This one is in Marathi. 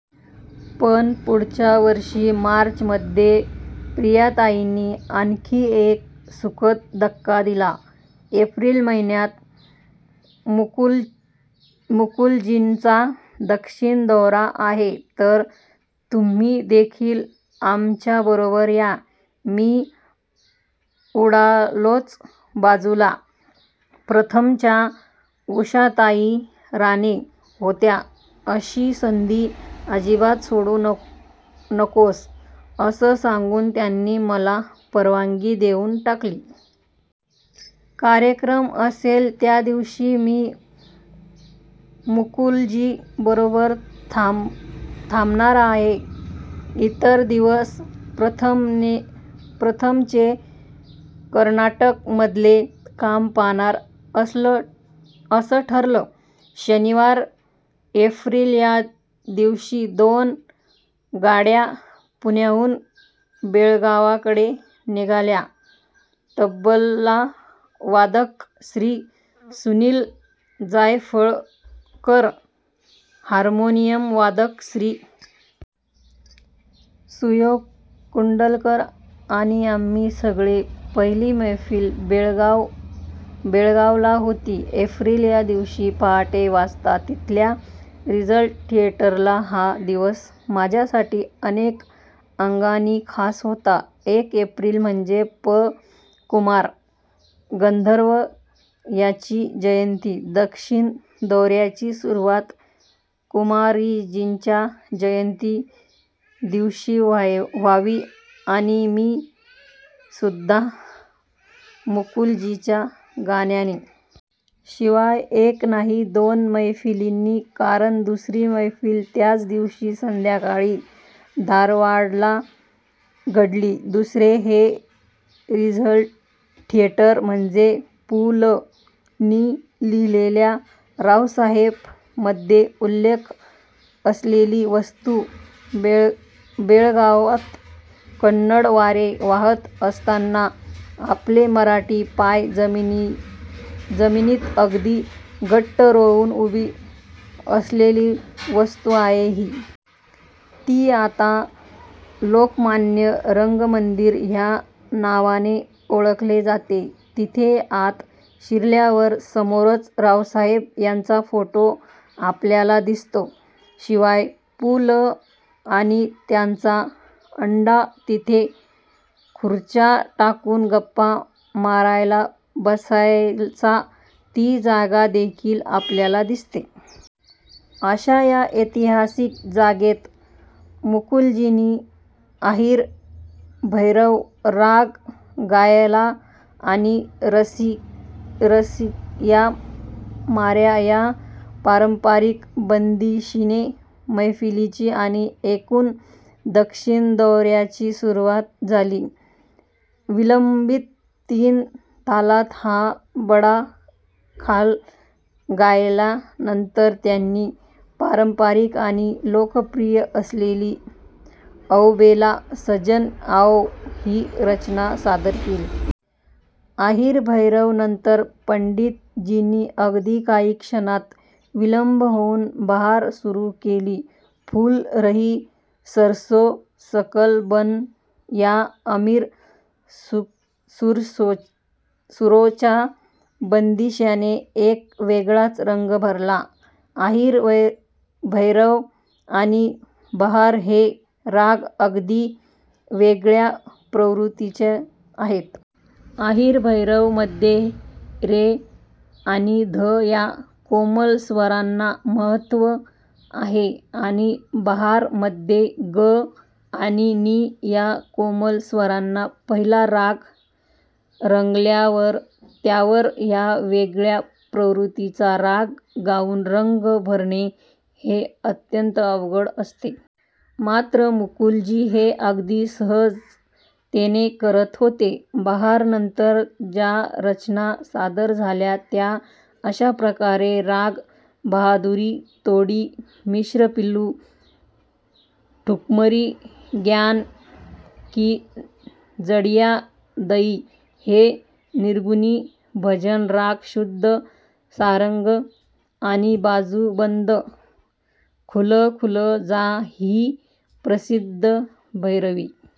पण पुढच्या वर्षी मार्च मध्ये प्रियाताईंनी आणखी एक सुखद धक्का दिला. "एप्रिल महिन्यात मुकुलजींचा दक्षिण दौरा आहे. तर तुम्ही देखील आमच्या बरोबर या. " मी उडालोच! बाजूला 'प्रथम'च्या उषाताई राणे होत्या. "अशी संधी अजिबात सोडू नकोस", असं सांगून त्यांनी मला परवानगी देऊन टाकली! कार्यक्रम असेल त्यादिवशी मी मुकुलजीं बरोबर थांबणार आणि इतर दिवस 'प्रथम'चे कर्नाटक मधले काम पाहणार असं ठरलं. शनिवार एप्रिल या दिवशी दोन गाड्या पुण्याहून बेळगावकडे निघाल्या. तबलावादक श्री. सुनील जायफळकर, हार्मोनियम वादक श्री. सुयोग कुंडलकर आणि आम्ही सगळे. पहिली मैफल बेळगावला होती. एप्रिल या दिवशी पहाटे वाजता. तिथल्या रिट्झ थिएटरला. हा दिवस माझ्यासाठी अनेक अंगांनी खास होता. एक, एप्रिल म्हणजे पं. कुमार गंधर्व यांची जयंती. दक्षिण दौऱ्याची सुरुवात कुमारजींच्या जयंती दिवशी व्हावी आणि ती सुद्धा मुकुलजींच्या गाण्याने! शिवाय, एक नाही दोन मैफलींनी कारण दुसरी मैफल त्याच दिवशी संध्याकाळी धारवाडला घडली. दुसरे, हे रिट्झ थिएटर म्हणजे पु. लं नी लिहिलेल्या 'रावसाहेव' मध्ये उल्लेख असलेली वास्तू. बेळगावात कन्नड वारे वाहत असताना आपले मराठी पाय जमिनीत अगदी घट्ट रोवून उभी असलेली वास्तू आहे ही. ती आता लोकमान्य रंगमंदिर ह्या नावाने ओळखले जाते. तिथे आत शिरल्यावर समोरच 'रावसाहेब' यांचा फोटो आपल्याला दिसतो. शिवाय पु. लं आणि त्यांचा अड्डा जिथे खुर्च्या टाकून गप्पा मारायला बसायचा ती जागा देखील आपल्याला दिसते. अशा या ऐतिहासिक जागेत मुकुलजींनी 'अहिर भैरव' राग गायला आणि 'रसिया म्हारा' या पारंपरिक बंदिशीने मैफलीची आणि एकूण दक्षिण दौऱ्याची सुरुवात झाली. विलंबीत तीन तालात हा बडा ख्याल गायल्या नंतर त्यांनी पारंपरिक आणि लोकप्रिय असलेली 'अलबेला सजन आयो' ही रचना सादर केली. 'अहिर भैरव' नंतर पंडितजींनी अगदी काही क्षणांचा विलंब घेऊन 'बहार' सुरु केला. 'फुल रही सरसो सकल बन' या आमिर खुसरोंच्या बंदिशीने एक वेगळाच रंग भरला! अहिर भैरव आणि बहार हे राग अगदी वेगळ्या प्रवृत्तीचे आहेत. 'अहिर भैरव' मध्ये रे आणि ध या कोमल स्वरांना महत्व आहे आणि 'बहार' मध्ये ग आणि नी या कोमल स्वरांना! पहिला राग रंगल्यावर त्यावर या वेगळ्या प्रवृत्तीच्या राग गाऊन रंग भरणे हे अत्यंत अवघड असते. मात्र मुकुलजी हे अगदी सहजतेने करत होते. 'बहार' नंतर ज्या रचना सादर झाल्या त्या अशाप्रकारे राग बहादुरी तोडी, मिश्र पिलू ठुमरी, 'ग्यान की जडिया दयी' हे निर्गुणी भजन, राग शुद्ध सारंग आणि 'बाजू बंद खुल खुल जा' ही प्रसिद्ध भैरवी.